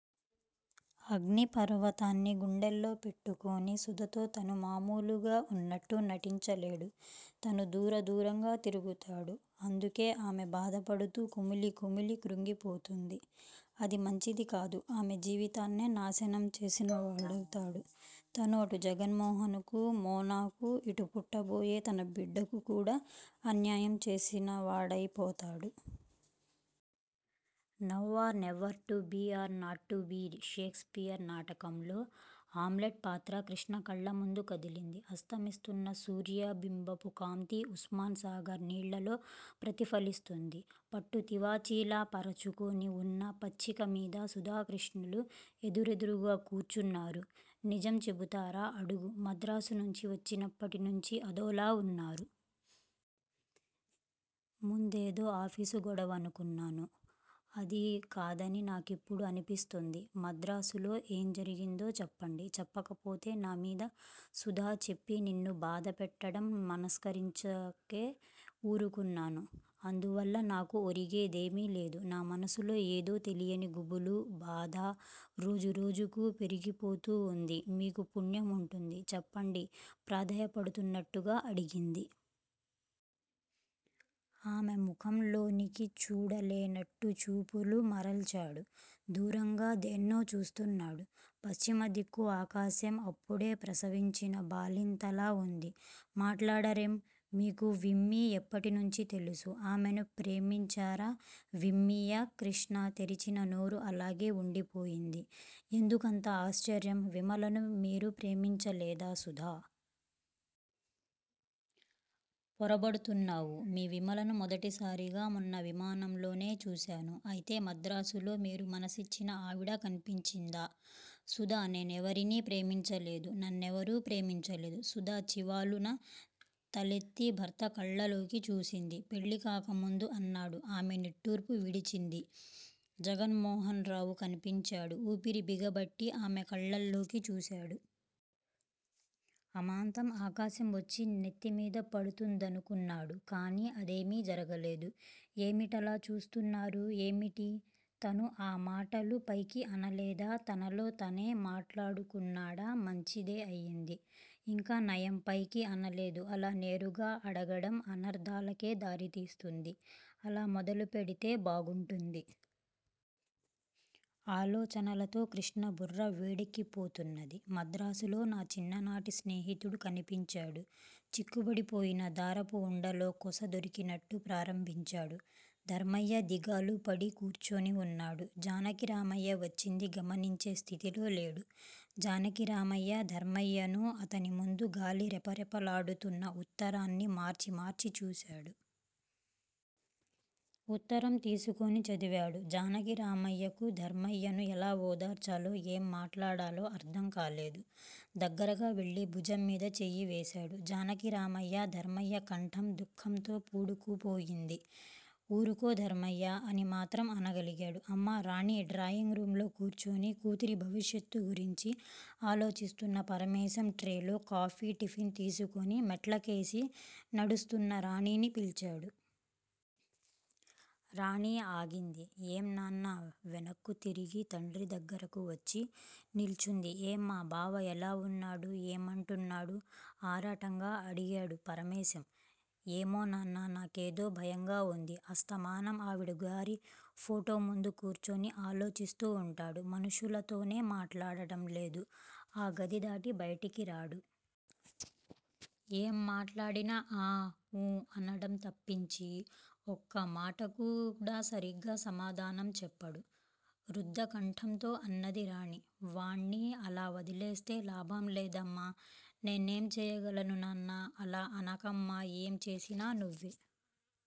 అగ్నిపర్వతాన్ని గుండెల్లో పెట్టుకొని సుధతో తను మామూలుగా వున్నట్టు నటించలేడు. తను దూరదూరంగా తిరుగుతాడు. అందుకు ఆమె బాధపడుతుంది. కుమిలికుమిలి కృంగిపోతుంది. అది మంచిదికాదు. ఆమె జీవితాన్నే నాశనం చేసినవాడౌతాడు తను. అటు జగన్మోహన్ కూ, మోనాకూ, ఇటు పుట్టబోయే తన బిడ్డకు కూడా అన్యాయం చేసినవాడైపోతాడు. Now or never! To be or not to be! Shakespeare నాటకంలోని హామ్లెట్ పాత్ర కృష్ణ కళ్ళముందు కదిలింది. అస్తమిస్తోన్న సూర్యబింబపుకాంతి ఉస్మాన్ సాగర్ నీళ్ళలో ప్రతిఫలిస్తోంది. పట్టుతివాచీలా పరచుకొనివున్న పచ్చికమీద సుధాకృష్ణలు ఎదురెదురుగా కూర్చున్నారు. నిజం చెబుతారా? అడుగు. మద్రాసునుంచి వచ్చినప్పటినుంచీ అదోలా వున్నారు. ముందేదో ఆఫీసు గొడవలనుకున్నాను. అది కాదని నాకిప్పుడు అనిపిస్తోంది. మద్రాసులో ఏం జరిగిందో చెప్పండి. చెప్పకపోతే నామీద__ సుధా! చెప్పి నిన్ను బాధపెట్టడం మనస్కరించకే వూరుకున్నాను. అందువల్ల నాకు ఒరిగిందేమీ లేదు. నా మనసులో ఏదో తెలియని గుబులు బాధ రోజురోజుకూ పెరిగిపోతూ వుంది. మీకు పుణ్యం ఉంటుంది చెప్పండి ప్రాధేయపడుతున్నట్టుగా అడిగింది. ఆమె ముఖంలోకి చూడలేనట్టు చూపులు మరల్చాడు. దూరంగా దేన్నో చూస్తున్నాడు. పశ్చిమదిక్కు ఆకాశం అప్పుడే ప్రసవించిన బాలింతలా వుంది. మాట్లాడరేం? మీకు విమ్మీ ఎప్పటినుంచి తెలుసు? ఆమెను ప్రేమించారా? విమ్మీయా? కృష్ణ తెరిచిన నోరు అలాగే వుండిపోయింది. ఎందుకంత ఆశ్చర్యం? విమలను మీరు ప్రేమించలేదా? సుధా! పొరపడుతున్నావ్. మీ విమలను మొదటిసారిగా మొన్న విమానంలోనే చూశాను. అయితే మద్రాసులో మీరు మనసిచ్చిన ఆవిడ కన్పించిందా? సుధా నేనెవరినీ ప్రేమించలేదు. నన్నెవరూ ప్రేమించలేదు. సుధ చివాలున తలెత్తి భర్త కళ్ళల్లోకి చూసింది. పెళ్ళికాకముందు అన్నాడు. ఆమె నిట్టూర్పు విడిచింది. జగన్మోహనరావు కన్పించాడు! ఊపిరి బిగబట్టి ఆమె కళ్ళల్లోకి చూశాడు. అమాంతం ఆకాశం వచ్చి నెత్తిమీద పడుతుందనుకున్నాడు. కాని అదేమీ జరగలేదు. ఏమిటలా చూస్తున్నారూ? ఏమిటీ? తను ఆ మాటలు పైకి అనలేదా? తనలో తనే మాట్లాడుకున్నాడా? మంచిదే అయింది. ఇంకా నయం పైకి అనలేదు. అలా నేరుగా అడగడం అనర్దాలకే దారితీస్తుంది. ఎలా మొదలుపెడితే బాగుంటుంది? ఆలోచనలతో కృష్ణ బుర్ర వేడెక్కిపోతున్నది. మద్రాసులో నా చిన్ననాటి స్నేహితుడు కన్పించాడు చిక్కుపడి పోయిన దారపుఉండలో కొస దొరికినట్టు ప్రారంభించాడు. ధర్మయ్య దిగాలుపడి కూర్చుని వున్నాడు. జానకిరామయ్య వచ్చింది గమనించే స్థితిలో లేడు. జానకిరామయ్య, ధర్మయ్యనూ, అతనిముందు గాలికి రెపరెప లాడుతున్న ఉత్తరాన్నీ మార్చి మార్చి చూశాడు. ఉత్తరం తీసుకొని చదివాడు. జానకిరామయ్యకు ధర్మయ్యను ఎలా ఓదార్చాలో, ఏం మాట్లాడాలో అర్ధం కాలేదు. దగ్గరగావెళ్ళి భుజంమీద చెయ్యివేశాడు. జానకిరామయ్యా! ధర్మయ్య కంఠం దుఃఖంతో పూడుకుపోయింది. ఊరుకో ధర్మయ్యా! అని మాత్రం అనగలిగాడు. అమ్మా రాణీ! డ్రాయింగ్ రూంలో కూర్చుని కూతురి భవిష్యత్తు గురించి ఆలోచిస్తున్న పరమేశం, ట్రేలో కాఫీ, టిఫిన్ తీసుకొని మెట్ల కేసి నడుస్తున్న రాణిని పిల్చాడు. రాణి ఆగింది. ఏం నాన్నా? వెనక్కు తిరిగి తండ్రి దగ్గరకువచ్చి నిల్చుంది. ఏమ్మా? బావ ఎలా వున్నాడు? ఏమంటున్నాడు? ఆరాటంగా అడిగాడు పరమేశం. ఏమో నాన్నా! నాకేదో భయంగా వుంది. అస్తమానం ఆవిడగారి ఫొటో ముందు కూర్చుని ఆలోచిస్తూ వుంటాడు. మనుషులతోనే మాట్లాడటంలేదు. ఆ గది దాటి బయటికిరాడు. ఏం మాట్లాడినా ఆఁ ఊఁ అనడం తప్పించి ఒక్క మాటకు కూడా సరిగా సమాధానం చెప్పడు రుద్ధకంఠంతో అన్నది రాణి. వాణ్ణి అలా వదిలేస్తే లాభం లేదమ్మా! నేనేం చెయ్యగలను నాన్నా! అలా అనకమ్మా! ఏం చేసినా నువ్వే